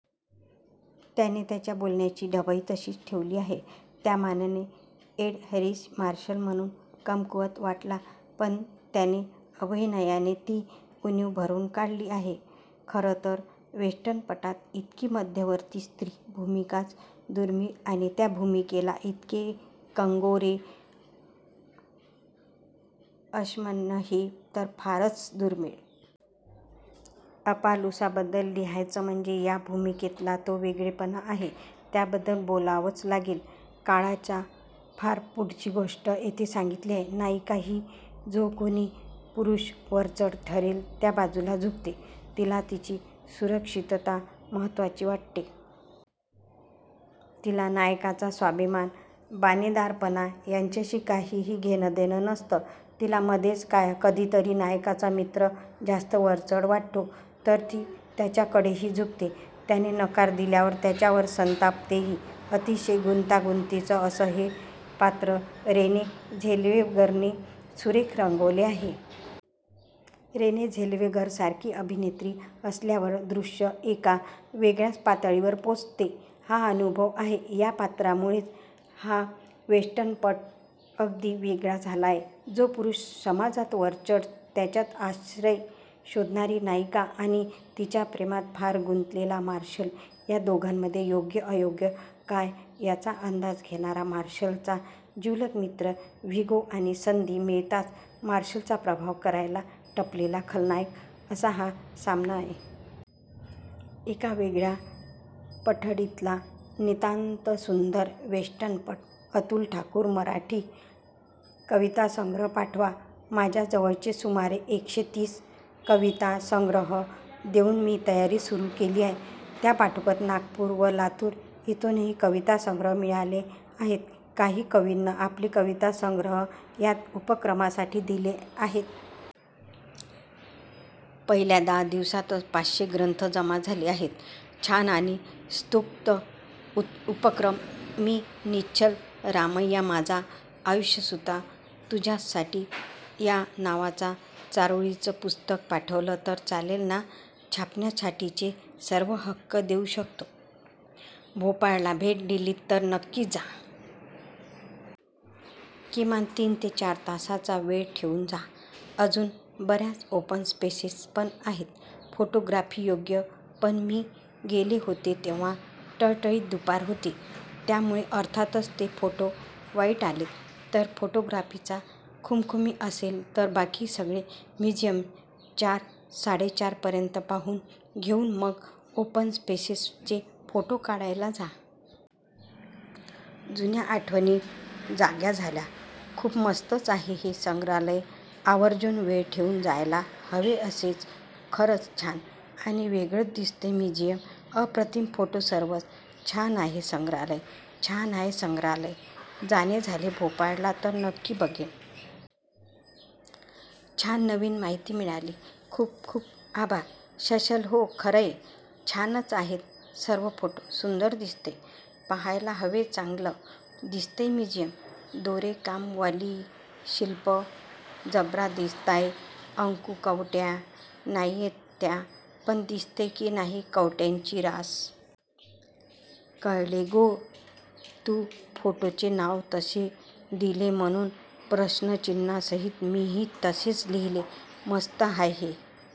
त्याने त्याच्या बोलण्याची ढबही तशीच ठेवली आहे. त्यामानाने एड हॅरीस मार्शल म्हणुन कमकुवत वाटला पण त्याने अभिनयाने ती उणीव भरुन काढली आहे. खरं तर वेस्टर्नपटात इतकी मध्यवर्ती स्त्रीभूमिकाच दुर्मिळ आणि त्या भूमिकेला इतके कंगोरे असण्म हे तर फारच दुर्मिळ. अपालूसा बद्दल लिहायचं म्हणजे या भूमिकेतला जो वेगळेपणा आहे त्याबद्दल बोलावंच लागेल. काळाच्या फार पुढची गोष्ट येथे सांगितली आहे. नायिका ही जो कुणी पुरुष वरचढ ठरेल त्याबाजूला झुकते. तिला तिची सुरक्षितता महत्त्वाची वाटते. तिला नायकाचा स्वाभिमान, बाणेदारपणा यांच्याशी काहीही घेणंदेणं नसतं. तिला मध्येच कधितरी नायकाचा मित्र जास्त वरचढ वाटतो तर ती त्याच्याकडेही झुकते. त्याने नकार दिल्यावर त्याच्यावर संतापतेही. अतिशय गुंतागुंतीचं असं हे पात्र रेने झेल्वेगरने सुरेख रंगवले आहे. रेने झेल्वेगरसारखी अभिनेत्री असल्यावर दृश्य एका वेगळ्याच पातळीवर पोहोचते हा अनुभव आहे. या पात्रामुळेच हा वेस्टर्नपट अगदी वेगळा झाला आहे. जो पुरुष समाजात वरचढ त्याच्यात आश्रय शोधणारी नायिका आणि तिच्या प्रेमात पार गुंतलेला मार्शल या दोघांमध्ये योग्य अयोग्य काय याचा अंदाज घेणारा मार्शलचा जिवलग मित्र व्हीगो आणि संधी मिळताच मार्शलचा पराभव करायला टपलेला खलनायक असा हा सामना आहे. एका वेगळ्या पठडीतला नितांतसुंदर वेस्टर्नपट. अतुल ठाकुर मराठी कविता संग्रह पाठवा माझ्या जवळचे सुमारे एकशे तीस कविता संग्रह देऊन मी तयारी सुरु केली आहे. त्यापाठोपाठ नागपुर व लातुर इथुनही कवितासंग्रह मिळाले आहेत. काही कवींनी आपले कवितासंग्रह या उपक्रमासाठी दिले आहेत. पहिल्या दहा दिवसांतच पाचशे ग्रंथ जमा झाले आहेत. छान आणि स्तुत्य उपक्रम. मी निश्चल रामैया माझा आयुष्यसुता तुझ्याचसाठी या नावाचा चारोळीच पुस्तक पाठवल तर चालेल ना! छापण्यासाठीचे सर्व हक्क देऊ शकतो. भोपाळला भेट दिलीत तर नक्की जा. किमान तीन ते चार तासांचा वेळ ठेवून जा. अजून बर्याच ओपन स्पेसेस पण आहेत फोटोग्राफीयोग्य पण मी गेले होते तेव्हा टळटळीत दुपार होती त्यामुळे अर्थातच ते फोटो वाईट आलेत. तर फोटोग्राफीची खुमखुमी असेल तर बाकी सगळे म्युझियम चार साडेचार पर्यंत पाहून घेऊन मग ओपन स्पेसेसचे फोटो काढायला जा. जुन्या आठवणी जाग्या झाल्या. खूप मस्तच आहे हे संग्रहालय आवर्जून वेळ ठेवून जायला हवे असेच. खरच छान आणि वेगळच दिसतय म्युझियम. अप्रतिम फोटो सर्वच. छान आहे संग्रहालय. छान आहे संग्रहालय! जाणे झाले भोपाळला तर नक्की बघेन. छान नवीन माहिती मिळाली. खूप खूप आभार. सशल, हो. खरंय. छानच आहेत सर्व फोटो. सुंदर दिसतंय, पहायला हवेचांगलं दिसतंय म्युझियम. दोरे काम वाली शिल्प जबरा दिसतायत. अंकु, कवट्या नाहीयेत त्या. पण दिसतेय की नाही कवट्यांची रास? कळले गो. तु फोटोचे नाव तसे दिले म्हणुन प्रश्नचिन्हासहित मी ही तसेच लिहले. मस्त आहे हे!